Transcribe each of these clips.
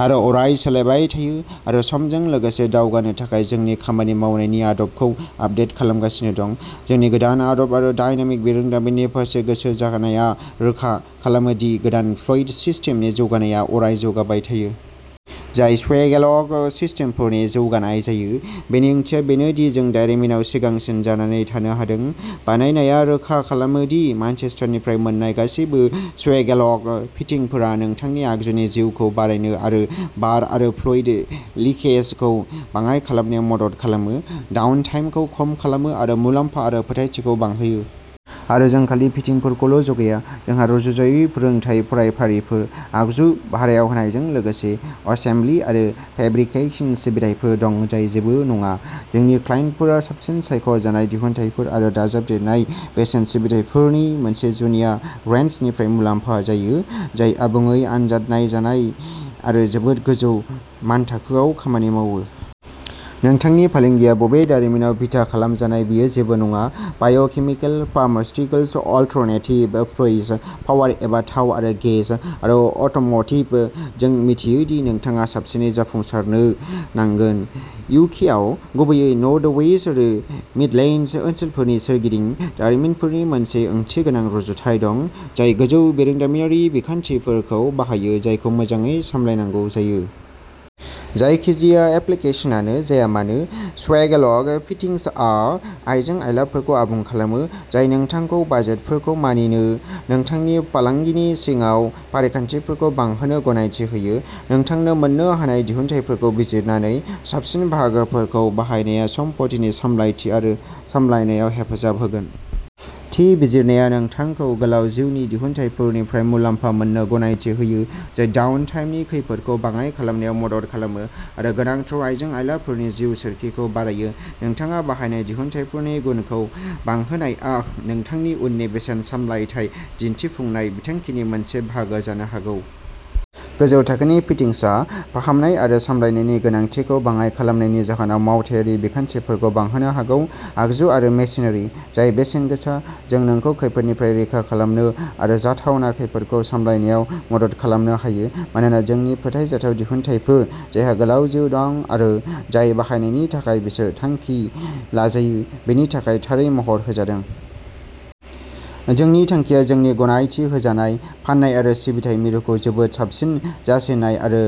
आरो अराय सोलायबाय थायो आरो समजों लोगोसे दावगानो थाखाय जोंनि खामानि मावनायनि आदबखौ आपडेट खालामगासिनो दं। जोंनि गोदान आदब आरो डायनामिक बिरोंदामिननि फारसे गोसो जानाया रोखा खालामो दि गोदान फ्लुइड सिस्टेमनि जौगानायआ अराय जौगाबाय थायो। जाय स्वैगेलक सिस्टेमफोरनि जौगानाय जायो, बेनि ओंथिया बेनो दि जों दारिमिनाव सिगांसिन जानानै थानो हादों। बानायनाया रोखा खालामो दि मानचेस्टारनिफ्राय मोन्नाय गासैबो स्वैगेलक फिटिंगफोरा नोंथांनि आगजुनि जिउखौ बारायनो आरो बार आरो फ्लुइड लिकेजखौ बाङाइ खालामनायाव मदद खालामो, डाउन टाइमखौ खम खालामो आरो मुलाम्फा आरो फोथायथिखौ बांहोयो। आरो जों खालि फिटिंगफोरखौल' जगाया। जोंहा रुजुजायै फोरोंथाय फरायफारिफोर, आगजु भारायाव होनायजों लोगोसे असेम्बलि आरो फेब्रिकेशन सिबिथाइफोर दं जाय जेबो नङा। जोंनि क्लाइन्टफोरा साबसिन सायख' जानाय दिहुनथायफोर आरो दाजाबदेरनाय बेसेन सिबिथाइफोरनि मोनसे जुनिया रेन्जनिफ्राय मुलाम्फा जायो जाय आबुङै आनजाद नायजानाय आरो जोबोद गोजौ मानथाखोआव खामानि मावो। नोंथांनि फालांगिया बबे दारिमिनाव बिथा खालामजानाय बेयो जेबो नङा। Biochemical, pharmaceuticals, alternative fuels, power एबा थाव आरो गेस, आरो अट'म'टिभ जों मिथियो दि नोंथाङा साबसिनै जाफुंसारनो नांगोन। इउ के आव, गुबैयै नर्थ वेस्ट आरो मिडलेन्डस ओनसोलफोरनि सोरगिदिं, दारिमिनफोरनि मोनसे ओंथिगोनां रुजुथाय दं, जाय गोजौ बिरोंदामिनारि बिखान्थिफोरखौ बाहायो जायखौ मोजाङै सामलायनांगौ जायो। जायखिजाया एप्लिकेसनानो जाया मानो, स्वागेलक फिटिंसआ आइजें-आइलाफोरखौ आबुं खालामो, जाय नोंथांखौ बाजेटफोरखौ मानिनो, नोंथांनि फालांगिनि सिङाव फारिखान्थिफोरखौ बांहोनो गनायथि होयो। नोंथांनो मोन्नो हानाय दिहुनथायफोरखौ बिजिरनानै, साबसिन बाहागोफोरखौ बाहायनाया सम्पथिनि सामलायथि आरो सामलायनायाव हेफाजाब होगोन। थि बिजिरनाया नोंथांखौ गोलाव जिउनि दिहुनथायफोरनिफ्राय मुलाम्फा मोननो गनायथि होयो जाय डाउन टाइमनि खैफोदखौ बाङाय खालामनायाव मदद खालामो, आरो गोनांथार आइजें-आइलाफोरनि जिउ सोरखिखौ बारायो। नोंथाङा बाहायनाय दिहुनथायफोरनि गुनखौ बांहोनायआ नोंथांनि उननि बेसेन सामलायथाय दिन्थिफुंनाय बिथांखिनि मोनसे बाहागो जानो हागौ। गोजौ थाखोनि फिटिंसआ फाहामनाय आरो सामलायनायनि गोनांथिखौ बाङाइ खालामनायनि जाहोनाव मावथायारि बिखान्थिफोरखौ बांहोनो हागौ। आगजु आरो मेसिनारि, जाय बेसेन गोसा। जों नोंखौ खैफोदनिफ्राय रैखा खालामनो आरो जाथावना खैफोदखौ सामलायनायाव मदद खालामनो हायो, मानोना जोंनि फोथायजाथाव दिहुनथायफोर, जायहा गोलाव जिउ दं आरो जाय बाहायनायनि थाखाय बिसोर थांखि लाजायो बेनि थाखाय थारै महर होजादों। जोंनि थांखिया जोंनि गनायथि होजानाय फान्नाय आरो सिबिथाइ मिरुखौ जोबोद साबसिन जासिनाय आरो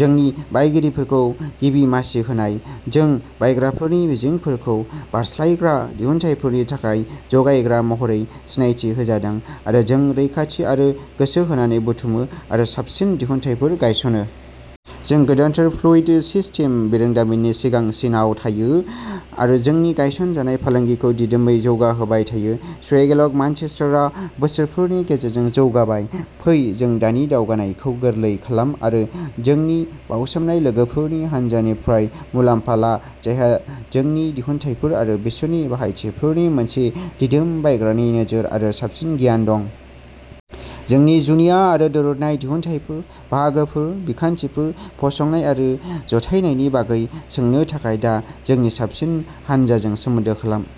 जोंनि बायगिरिफोरखौ गिबि मासि होनाय। जों बायग्राफोरनि मिजिंफोरखौ बारस्लायग्रा दिहुनथायफोरनि गाहाय जगायग्रा महरै सिनायथि होजादों, आरो जों रैखाथि आरो गोसो होनानै बुथुमो आरो साबसिन दिहुनथायफोर गायसनो। जों गोदानथार फ्लुइड सिस्टेम बिरोंदामिननि सिगांसिनाव थायो, आरो जोंनि गायसनजानाय फालांगिखौ दिदोमै जौगाहोबाय थायो। स्वगेलक मानचेस्टारआ बोसोरफोरनि गेजेरजों जौगाबाय। फै जों नोंनि दावगानायखौ गोरलै खालाम आरो जोंनि बावसोमनाय लोगोफोरनि हानजानिफ्राय मुलाम्फा ला जायहा जोंनि दिहुनथायफोर आरो बिसोरनि बाहायथिफोरनि मोनसे दिदोम बायग्रानि नोजोर आरो साबसिन गियान दं। जोंनि जुनिया आरो दोरोदनाय दिहुनथायफोर, बाहागोफोर, बिखान्थिफोर, फसंनाय आरो जथायनायनि बागै सोंनो थाखाय दा जोंनि साबसिन हानजाजों सोमोन्दो खालाम।